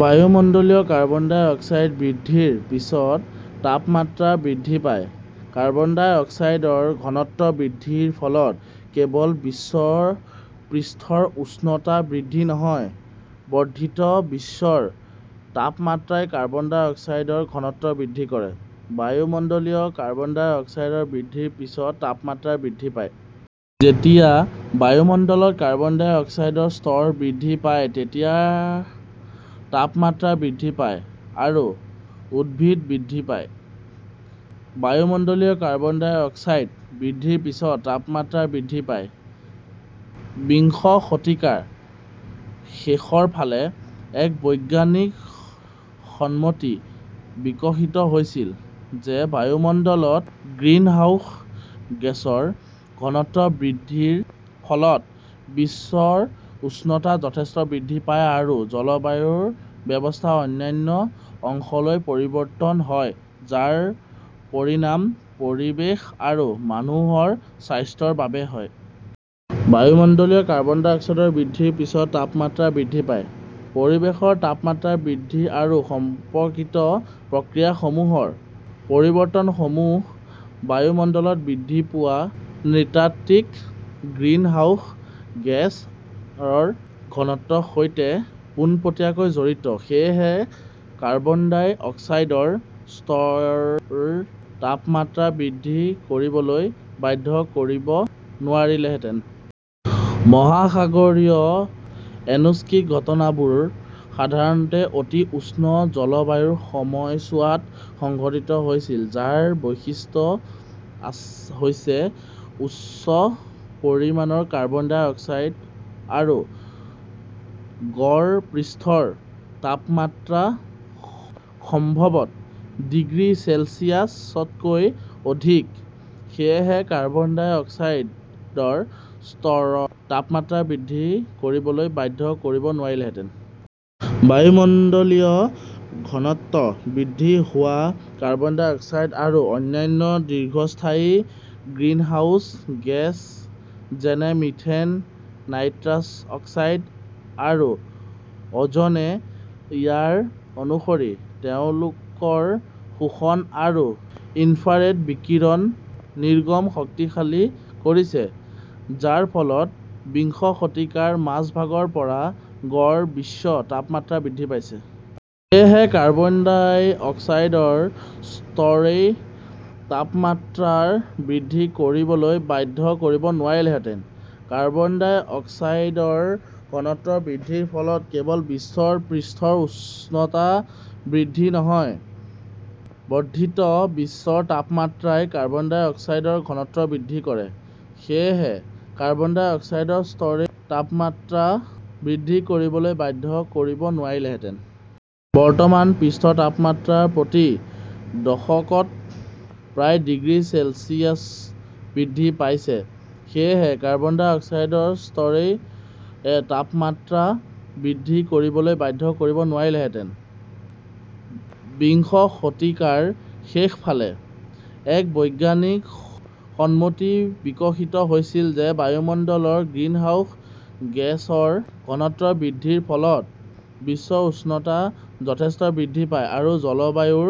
বায়ুমণ্ডলীয় carbon dioxide বৃদ্ধিৰ পিছত তাপমাত্ৰা বৃদ্ধি পায়। কাৰ্বন ডাই অক্সাইডৰ ঘনত্ব বৃদ্ধিৰ ফলত কেৱল বিশ্ব পৃষ্ঠৰ উষ্ণতা বৃদ্ধি নহয়, বৰ্ধিত বিশ্বৰ তাপমাত্ৰাই কাৰ্বন ডাই অক্সাইডৰ ঘনত্ব বৃদ্ধি কৰে। বায়ুমণ্ডলীয় কাৰ্বন ডাই অক্সাইড বৃদ্ধিৰ পিছত তাপমাত্ৰা বৃদ্ধি পায়। যেতিয়া বায়ুমণ্ডলত কাৰ্বন ডাই অক্সাইডৰ স্তৰ বৃদ্ধি পায় তেতিয়া তাপমাত্ৰা বৃদ্ধি পায় আৰু উদ্ভিদ বৃদ্ধি পায়। বায়ুমণ্ডলীয় কাৰ্বন ডাই অক্সাইড বৃদ্ধিৰ পিছত তাপমাত্ৰা বৃদ্ধি পায়। বিংশ শতিকাৰ শেষৰ ফালে, এক বৈজ্ঞানিক সন্মতি বিকশিত হৈছিল যে বায়ুমণ্ডলত গ্ৰিনহাউস গেছৰ ঘনত্ব বৃদ্ধিৰ ফলত বিশ্বৰ উষ্ণতা যথেষ্ট বৃদ্ধি পায় আৰু জলবায়ু ব্যৱস্থাৰ অন্যান্য অংশলৈ পৰিৱৰ্তন হয়, যাৰ পৰিণাম পৰিৱেশ আৰু মানুহৰ স্বাস্থ্যৰ বাবে হয়। বায়ুমণ্ডলীয় কাৰ্বন ডাই অক্সাইড বৃদ্ধিৰ পিছত তাপমাত্ৰা বৃদ্ধি পায়। পৰিৱেশৰ তাপমাত্ৰা বৃদ্ধি আৰু সম্পৰ্কিত প্ৰক্ৰিয়াসমূহৰ পৰিৱৰ্তনসমূহ বায়ুমণ্ডলত বৃদ্ধি পোৱা নৃতাত্ত্বিক গ্ৰিনহাউস গেছ -ৰ ঘনত্বৰ সৈতে পোনপটীয়াকৈ জড়িত। সেয়েহে, কাৰ্বন ডাই অক্সাইডৰ স্তৰই তাপমাত্ৰা বৃদ্ধি কৰিবলৈ বাধ্য কৰিব নোৱাৰিলেহেঁতেন। মহাসাগৰীয় এনোক্সিক ঘটনাবোৰ সাধাৰণতে অতি উষ্ণ জলবায়ুৰ সময়ছোৱাত সংঘটিত হৈছিল যাৰ বৈশিষ্ট্য হৈছে উচ্চ পৰিমাণৰ কাৰ্বন ডাই অক্সাইড আৰু গড় পৃষ্ঠৰ তাপমাত্ৰা সম্ভৱতঃ ডিগ্ৰী চেলছিয়াছ তকৈ অধিক। সেয়েহে, কাৰ্বন ডাই অক্সাইডৰ স্তৰই তাপমাত্ৰা বৃদ্ধি কৰিবলৈ বাধ্য কৰিব নোৱাৰিলেহেঁতেন। বায়ুমণ্ডলীয় ঘনত্ব বৃদ্ধি হোৱা কাৰ্বন ডাই অক্সাইড আৰু অন্যান্য দীৰ্ঘস্থায়ী গ্ৰীণহাউচ গেছ যেনে মিথেন, নাইট্ৰাছ অক্সাইড আৰু অ 'জ' নে ইয়াৰ অনুসৰি তেওঁলোকৰ শোষণ আৰু ইনফ্ৰাৰেড বিকিৰণ নিৰ্গমন শক্তিশালী কৰিছে, যাৰ ফলত বিংশ শতিকাৰ মাজভাগৰ পৰা গড় বিশ্ব তাপমাত্ৰা বৃদ্ধি পাইছে। সেয়েহে, কাৰ্বন ডাই অক্সাইডৰ স্তৰই তাপমাত্ৰা বৃদ্ধি কৰিবলৈ বাধ্য কৰিব নোৱাৰিলেহেঁতেন। কাৰ্বন ডাই অক্সাইডৰ ঘনত্ব বৃদ্ধিৰ ফলত কেৱল বিশ্ব পৃষ্ঠৰ উষ্ণতা বৃদ্ধি নহয়, বৰ্ধিত বিশ্বৰ তাপমাত্ৰাই কাৰ্বন ডাই অক্সাইডৰ ঘনত্ব বৃদ্ধি কৰে। সেয়েহে, কাৰ্বন ডাই অক্সাইডৰ স্তৰই তাপমাত্ৰা বৃদ্ধি কৰিবলৈ বাধ্য কৰিব নোৱাৰিলেহেঁতেন। বৰ্তমান, পৃষ্ঠৰ তাপমাত্ৰা প্ৰতি দশকত প্ৰায় ডিগ্ৰী চেলছিয়াছ বৃদ্ধি পাইছে। সেয়েহে, কাৰ্বন ডাই অক্সাইডৰ স্তৰই তাপমাত্ৰা বৃদ্ধি কৰিবলৈ বাধ্য কৰিব নোৱাৰিলেহেঁতেন। বিংশ শতিকাৰ শেষৰ ফালে, এক বৈজ্ঞানিক সন্মতি বিকশিত হৈছিল যে বায়ুমণ্ডলত গ্ৰিনহাউস গেছৰ ঘনত্ব বৃদ্ধিৰ ফলত বিশ্বৰ উষ্ণতা যথেষ্ট বৃদ্ধি পায় আৰু জলবায়ু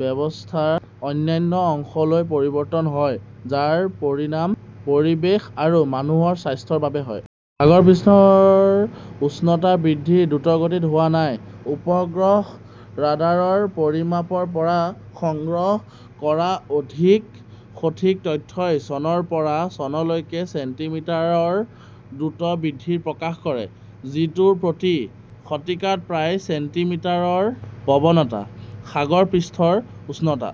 ব্যৱস্থাৰ অন্যান্য অংশলৈ পৰিৱৰ্তন হয়, যাৰ পৰিণাম পৰিৱেশ আৰু মানুহৰ স্বাস্থ্যৰ বাবে হয়। সাগৰপৃষ্ঠৰ উচ্চতা বৃদ্ধি দ্ৰুতগতিত হোৱা নাই। উপগ্ৰহ ৰাডাৰৰ পৰিমাপৰ পৰা সংগ্ৰহ কৰা অধিক সঠিক তথ্যই চনৰ পৰা চনলৈকে ছেণ্টিমিটাৰ ৰ দ্ৰুত বৃদ্ধি প্ৰকাশ কৰে, যিটো প্ৰতি শতিকাত প্ৰায় ছেণ্টিমিটাৰ ৰ প্ৰৱণতা। সাগৰপৃষ্ঠৰ উচ্চতা